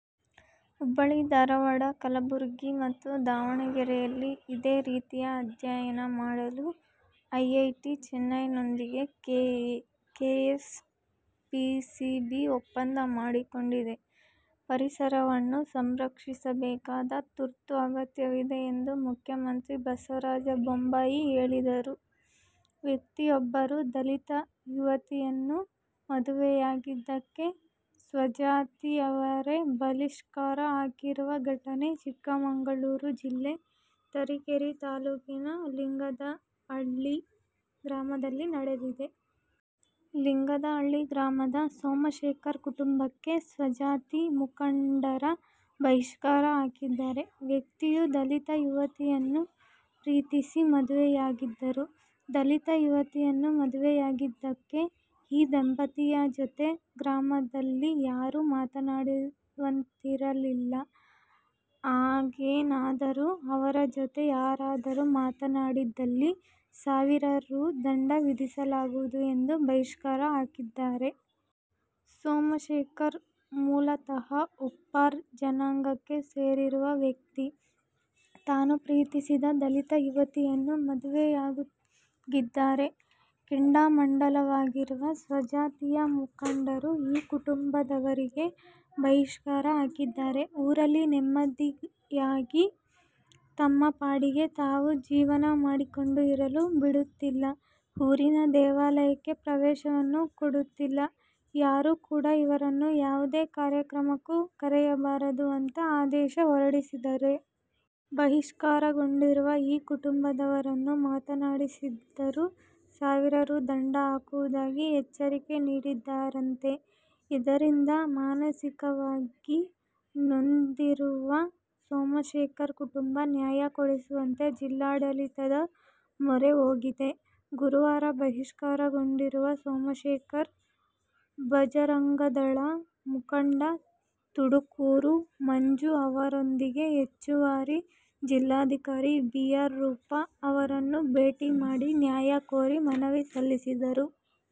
ಹುಬ್ಬಳ್ಳಿ- ಧಾರವಾಡ, ಕಲಬುರಗಿ ಮತ್ತು ದಾವಣಗೆರೆಯಲ್ಲಿ ಇದೇ ರೀತಿಯ ಅಧ್ಯಯನ ಮಾಡಲು ಐಐಟಿ-ಚೆನ್ನೈನೊಂದಿಗೆ ಕೆಎಸ್ ಪಿಸಿಬಿ ಒಪ್ಪಂದ ಮಾಡಿಕೊಂಡಿದೆ. ಪರಿಸರವನ್ನು ಸಂರಕ್ಷಿಸಬೇಕಾದ ತುರ್ತು ಅಗತ್ಯವಿದೆ ಎಂದು ಮುಖ್ಯಮಂತ್ರಿ ಬಸವರಾಜ ಬೊಮ್ಮಾಯಿ ಹೇಳಿದರು. ವ್ಯಕ್ತಿಯೊಬ್ಬರು ದಲಿತ ಯುವತಿಯನ್ನು ಮದುವೆಯಾಗಿದ್ದಕ್ಕೆ ಸ್ವಜಾತಿಯವರೇ ಬಹಿಷ್ಕಾರ ಹಾಕಿರುವ ಘಟನೆ ಚಿಕ್ಕಮಗಳೂರು ಜಿಲ್ಲೆ ತರೀಕೆರೆ ತಾಲೂಕಿನ ಲಿಂಗದಹಳ್ಳಿ ಗ್ರಾಮದಲ್ಲಿ ನಡೆದಿದೆ. ಲಿಂಗದಹಳ್ಳಿ ಗ್ರಾಮದ ಸೋಮಶೇಖರ್ ಕುಟುಂಬಕ್ಕೆ ಸ್ವಜಾತಿ ಮುಖಂಡರು ಬಹಿಷ್ಕಾರ ಹಾಕಿದ್ದಾರೆ. ವ್ಯಕ್ತಿಯು ದಲಿತ ಯುವತಿಯನ್ನು ಪ್ರೀತಿಸಿ ಮದುವೆಯಾಗಿದ್ದರು. ದಲಿತ ಯುವತಿಯನ್ನು ಮದುವೆಯಾಗಿದಕ್ಕೆ ಈ ದಂಪತಿಯ ಜೊತೆ ಗ್ರಾಮದಲ್ಲಿ ಯಾರು ಮಾತನಾಡುವಂತಿರಲಿಲ್ಲ. ಹಾಗೇನಾದರೂ ಅವರ ಜೊತೆ ಯಾರಾದರೂ ಮಾತನಾಡಿದ್ದಲ್ಲಿ ಸಾವಿರ ರೂ. ದಂಡ ವಿಧಿಸಲಾಗುವುದು ಎಂದು ಬಹಿಷ್ಕಾರ ಹಾಕಿದ್ದಾರೆ. ಸೋಮಶೇಖರ್, ಮೂಲತಃ ಉಪ್ಪಾರ ಜನಾಂಗಕ್ಕೆ ಸೇರಿರುವ ವ್ಯಕ್ತಿ. ತಾನು ಪ್ರೀತಿಸಿದ ದಲಿತ ಯುವತಿಯನ್ನು ಮದುವೆಯಾಗಿದ್ದಾರೆ. ಕೆಂಡಮಂಡಲವಾಗಿರುವ ಸ್ವಜಾತಿಯ ಮುಖಂಡರು ಈ ಕುಟುಂಬದವರಿಗೆ ಬಹಿಷ್ಕಾರ ಹಾಕಿದ್ದಾರೆ. ಊರಲ್ಲಿ ನೆಮ್ಮದಿಯಾಗಿ ತಮ್ಮ ಪಾಡಿಗೆ ತಾವು ಜೀವನ ಮಾಡಿಕೊಂಡು ಇರಲು ಬಿಡುತ್ತಿಲ್ಲ. ಊರಿನ ದೇವಾಲಯಕ್ಕೆ ಪ್ರವೇಶವನ್ನು ಕೊಡುತ್ತಿಲ್ಲ. ಯಾರೂ ಕೂಡ ಇವರನ್ನು ಯಾವುದೇ ಕಾರ್ಯಕ್ರಮಕ್ಕೂ ಕರೆಯಬಾರದು ಅಂತಾ ಆದೇಶ ಹೊರಡಿಸಿದ್ದಾರೆ. ಬಹಿಷ್ಕಾರಗೊಂಡಿರುವ ಈ ಕುಟುಂಬದವರನ್ನು ಮಾತನಾಡಿಸಿದರೂ ಸಾವಿರ ರೂ. ದಂಡ ಹಾಕುವುದಾಗಿ ಎಚ್ಚರಿಕೆ ನೀಡಿದ್ದಾರಂತೆ. ಇದರಿಂದ ಮಾನಸಿಕವಾಗಿ ನೊಂದಿರುವ ಸೋಮಶೇಖರ್ ಕುಟುಂಬ, ನ್ಯಾಯ ಕೊಡಿಸುವಂತೆ ಜಿಲ್ಲಾಡಳಿತದ ಮೊರೆ ಹೋಗಿದೆ. ಗುರುವಾರ ಬಹಿಷ್ಕಾರಗೊಂಡಿರುವ ಸೋಮಶೇಖರ್, ಬಜರಂಗದಳ ಮುಖಂಡ ತುಡುಕೂರು ಮಂಜು ಅವರೊಂದಿಗೆ ಹೆಚ್ಚುವರಿ ಜಿಲ್ಲಾಧಿಕಾರಿ ಬಿ. ಆರ್. ರೂಪ ಅವರನ್ನು ಭೇಟಿ ಮಾಡಿ ನ್ಯಾಯ ಕೋರಿ ಮನವಿ ಸಲ್ಲಿಸಿದರು.